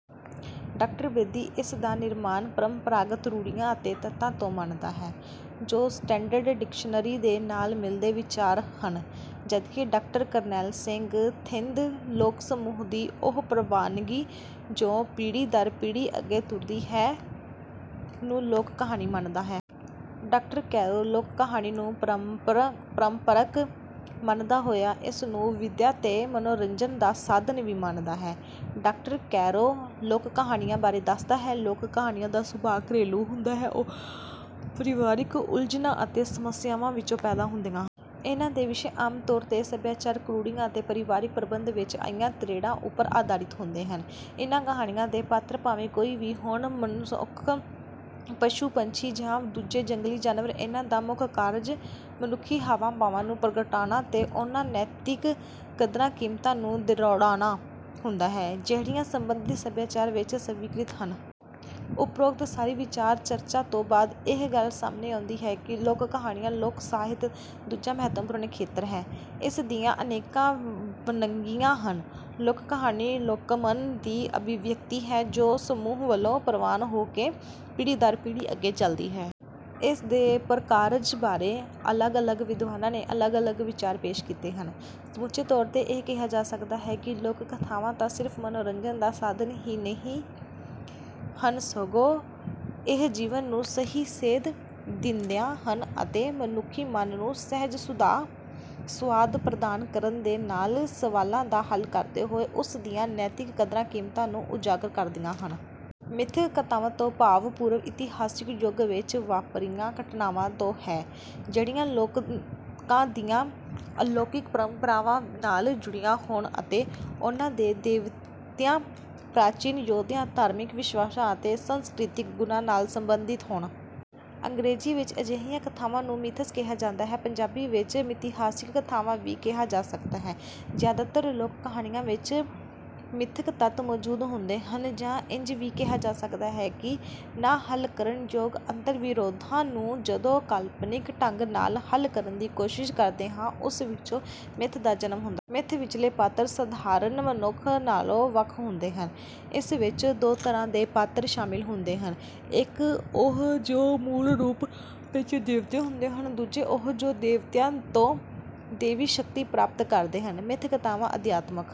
Doctor Bedi ਇਸ ਦਾ ਨਿਰਮਾਣ ਪਰੰਪਰਾਗਤ ਰੂੜ੍ਹੀਆਂ ਅਤੇ ਤੱਤਾਂ ਤੋਂ ਮੰਨਦਾ ਹੈ ਜੋ ਸਟੈਂਡਰਡ ਡਿਕਸ਼ਨਰੀ ਦੇ ਨਾਲ ਮਿਲਦੇ ਵਿਚਾਰ ਹਨ ਜਦਕਿ ਡਾਕਟਰ ਕਰਨੈਲ ਸਿੰਘ ਥਿੰਦ ਲੋਕ ਸਮੂਹ ਦੀ ਉਹ ਪ੍ਰਵਾਨਗੀ ਜੋ ਪੀੜ੍ਹੀ ਦਰ ਪੀੜ੍ਹੀ ਅੱਗੇ ਤੁਰਦੀ ਹੈ ਨੂੰ ਲੋਕ ਕਹਾਣੀ ਮੰਨਦਾ ਹੈ। ਡਾਕਟਰ ਕੈਰੋਂ ਲੋਕ ਕਹਾਣੀ ਨੂੰ ਪਰੰਪਰਕ ਮੰਨਦਾ ਹੋਇਆ ਇਸਨੂੰ ਵਿਦਿਆ ਤੇ ਮਨੋਰੰਜਨ ਦਾ ਸਾਧਨ ਵੀ ਮੰਨਦਾ ਹੈ। ਡਾਕਟਰ ਕੈਰੋਂ ਲੋਕ ਕਹਾਣੀਆਂ ਬਾਰੇ ਦੱਸਦਾ ਹੈ ਲੋਕ ਕਹਾਣੀਆਂ ਦਾ ਸੁਭਾਅ ਘਰੇਲੂ ਹੁੰਦਾ ਹੈ ਉਹ ਪਰਿਵਾਰਕ ਉਲਝਣਾਂ ਅਤੇ ਸਮੱਸਿਆਵਾਂ ਵਿੱਚੋਂ ਪੈਦਾ ਹੁੰਦੀਆਂ ਹਨ। ਇਹਨਾਂ ਦੇ ਵਿਸ਼ੇ ਆਮ ਤੌਰ ਤੇ ਸੱਭਿਆਚਾਰਕ ਰੂੜ੍ਹੀਆਂ ਅਤੇ ਪਰਿਵਾਰਕ ਪ੍ਰਬੰਧ ਵਿੱਚ ਆਈਆਂ ਤ੍ਰੇੜਾਂ ਉੱਪਰ ਆਧਾਰਿਤ ਹੁੰਦੇ ਹਨ। ਇਹਨਾਂ ਕਹਾਣੀਆਂ ਦੇ ਪਾਤਰ ਭਾਵੇਂ ਕੋਈ ਵੀ ਹੋਣ ਮਨੁੱਖ ਪਸ਼ੂ ਪੰਛੀ ਜਾਂ ਦੂਜੇ ਜੰਗਲੀ ਜਾਨਵਰ ਇਹਨਾਂ ਦਾ ਮੁੱਖ ਕਾਰਜ ਮਨੁੱਖੀ ਹਾਵਾਂ ਭਾਵਾਂ ਨੂੰ ਪ੍ਰਗਟਾਉਣਾ ਤੇ ਉਹਨਾਂ ਨੈਤਿਕ ਕਦਰਾਂ ਕੀਮਤਾਂ ਨੂੰ ਦ੍ਰਿੜਾਉਣਾ ਹੁੰਦਾ ਹੈ ਜਿਹੜੀਆਂ ਸੰਬੰਧਿਤ ਸੱਭਿਆਚਾਰ ਵਿੱਚ ਸਵੀਕ੍ਰਿਤ ਹਨ। ਉੱਪਰੋਕਤ ਸਾਰੀ ਵਿਚਾਰ ਚਰਚਾ ਤੋਂ ਬਾਅਦ ਇਹ ਗੱਲ ਸਾਹਮਣੇ ਆਉਂਦੀ ਹੈ ਕਿ ਲੋਕ ਕਹਾਣੀਆਂ ਲੋਕ ਸਾਹਿਤ ਦਾ ਦੂਜਾ ਮਹੱਤਵਪੂਰਨ ਖੇਤਰ ਹੈ। ਇਸ ਦੀਆਂ ਅਨੇਕਾਂ ਵੰਨਗੀਆਂ ਹਨ। ਲੋਕ ਕਹਾਣੀ ਲੋਕਮਨ ਦੀ ਅਭਿਵਿਅਕਤੀ ਹੈ ਜੋ ਸਮੂਹ ਵੱਲੋਂ ਪ੍ਰਵਾਨ ਹੋ ਕੇ ਪੀੜ੍ਹੀ ਦਰ ਪੀੜ੍ਹੀ ਅੱਗੇ ਚਲਦੀ ਹੈ। ਇਸ ਦੇ ਪ੍ਰਕਾਰਜ ਬਾਰੇ ਅਲੱਗ ਅਲੱਗ ਵਿਦਵਾਨਾਂ ਨੇ ਅਲੱਗ ਅਲੱਗ ਵਿਚਾਰ ਪੇਸ਼ ਕੀਤੇ ਹਨ। ਸਮੁੱਚੇ ਤੌਰ ਤੇ ਇਹ ਕਿਹਾ ਜਾ ਸਕਦਾ ਹੈ ਕਿ ਲੋਕ ਕਥਾਵਾਂ ਨਾ ਸਿਰਫ਼ ਮਨੋਰੰਜਨ ਦਾ ਸਾਧਨ ਹੀ ਹਨ ਸਗੋਂ ਇਹ ਜੀਵਨ ਨੂੰ ਸਹੀ ਸੇਧ ਦਿੰਦੀਆਂ ਹਨ ਅਤੇ ਮਨੁੱਖੀ ਮਨ ਨੂੰ ਸਹਿਜ ਸੁਆਦ ਪ੍ਰਦਾਨ ਕਰਨ ਦੇ ਨਾਲ ਸਵਾਲਾਂ ਦਾ ਹੱਲ ਕਰਦੇ ਹੋਏ ਉਸ ਦੀਆਂ ਨੈਤਿਕ ਕਦਰਾਂ ਕੀਮਤਾਂ ਨੂੰ ਉਜਾਗਰ ਕਰਦੀਆਂ ਹਨ। ਮਿੱਥਕ ਕਥਾਵਾਂ ਤੋਂ ਭਾਵ ਪੂਰਵ ਇਤਿਹਾਸਿਕ ਯੁੱਗ ਵਿੱਚ ਵਾਪਰੀਆਂ ਘਟਨਾਵਾਂ ਤੋਂ ਹੈ ਜਿਹੜੀਆਂ ਲੋਕਾਂ ਦੀਆਂ ਅਲੌਕਿਕ ਪਰੰਪਰਾਵਾਂ ਨਾਲ ਜੁੜੀਆਂ ਹੋਣ ਅਤੇ ਉਹਨਾਂ ਦੇ ਦੇਵਤਿਆਂ ਪ੍ਰਾਚੀਨ ਯੋਧਿਆਂ ਧਾਰਮਿਕ ਵਿਸ਼ਵਾਸਾਂ ਅਤੇ ਸੰਸਕ੍ਰਿਤਕ ਗੁਣਾਂ ਨਾਲ ਸਬੰਧਿਤ ਹੋਣ। ਅੰਗਰੇਜ਼ੀ ਵਿੱਚ ਅਜਿਹੀਆਂ ਕਥਾਵਾਂ ਨੂੰ ਮਿਥਸ ਕਿਹਾ ਜਾਂਦਾ ਹੈ। ਪੰਜਾਬੀ ਵਿੱਚ ਮਿਥਿਹਾਸਕ ਕਥਾਵਾਂ ਵੀ ਕਿਹਾ ਜਾ ਸਕਦਾ ਹੈ। ਜ਼ਿਆਦਾਤਰ ਲੋਕ ਕਹਾਣੀਆਂ ਵਿੱਚ ਮਿੱਥਕ ਤੱਤ ਮੌਜੂਦ ਹੁੰਦੇ ਹਨ ਜਾਂ ਇੰਝ ਵੀ ਕਿਹਾ ਜਾ ਸਕਦਾ ਹੈ ਕਿ ਨਾ ਹੱਲ ਕਰਨ ਯੋਗ ਅੰਤਰ ਵਿਰੋਧਾਂ ਨੂੰ ਜਦੋਂ ਕਾਲਪਨਿਕ ਢੰਗ ਨਾਲ ਹੱਲ ਕਰਨ ਦੀ ਕੋਸ਼ਿਸ਼ ਕਰਦੇ ਹਾਂ ਉਸ ਵਿੱਚੋਂ ਮਿੱਥ ਦਾ ਜਨਮ ਹੁੰਦਾ ਹੈ। ਮਿੱਥ ਵਿੱਚਲੇ ਪਾਤਰ ਸਧਾਰਨ ਮਨੁੱਖ ਨਾਲੋਂ ਵੱਖ ਹੁੰਦੇ ਹਨ। ਇਸ ਵਿੱਚ ਦੋ ਤਰ੍ਹਾਂ ਦੇ ਪਾਤਰ ਸ਼ਾਮਿਲ ਹੁੰਦੇ ਹਨ। ਇੱਕ ਉਹ ਜੋ ਮੂਲ ਰੂਪ ਵਿੱਚ ਦੇਵਤੇ ਹੁੰਦੇ ਹਨ। ਦੂਜੇ ਉਹ ਜੋ ਦੇਵਤਿਆਂ ਤੋਂ ਦੇਵੀ ਸ਼ਕਤੀ ਪ੍ਰਾਪਤ ਕਰਦੇ ਹਨ। ਮਿੱਥ ਕਥਾਵਾਂ ਅਧਿਆਤਮਕ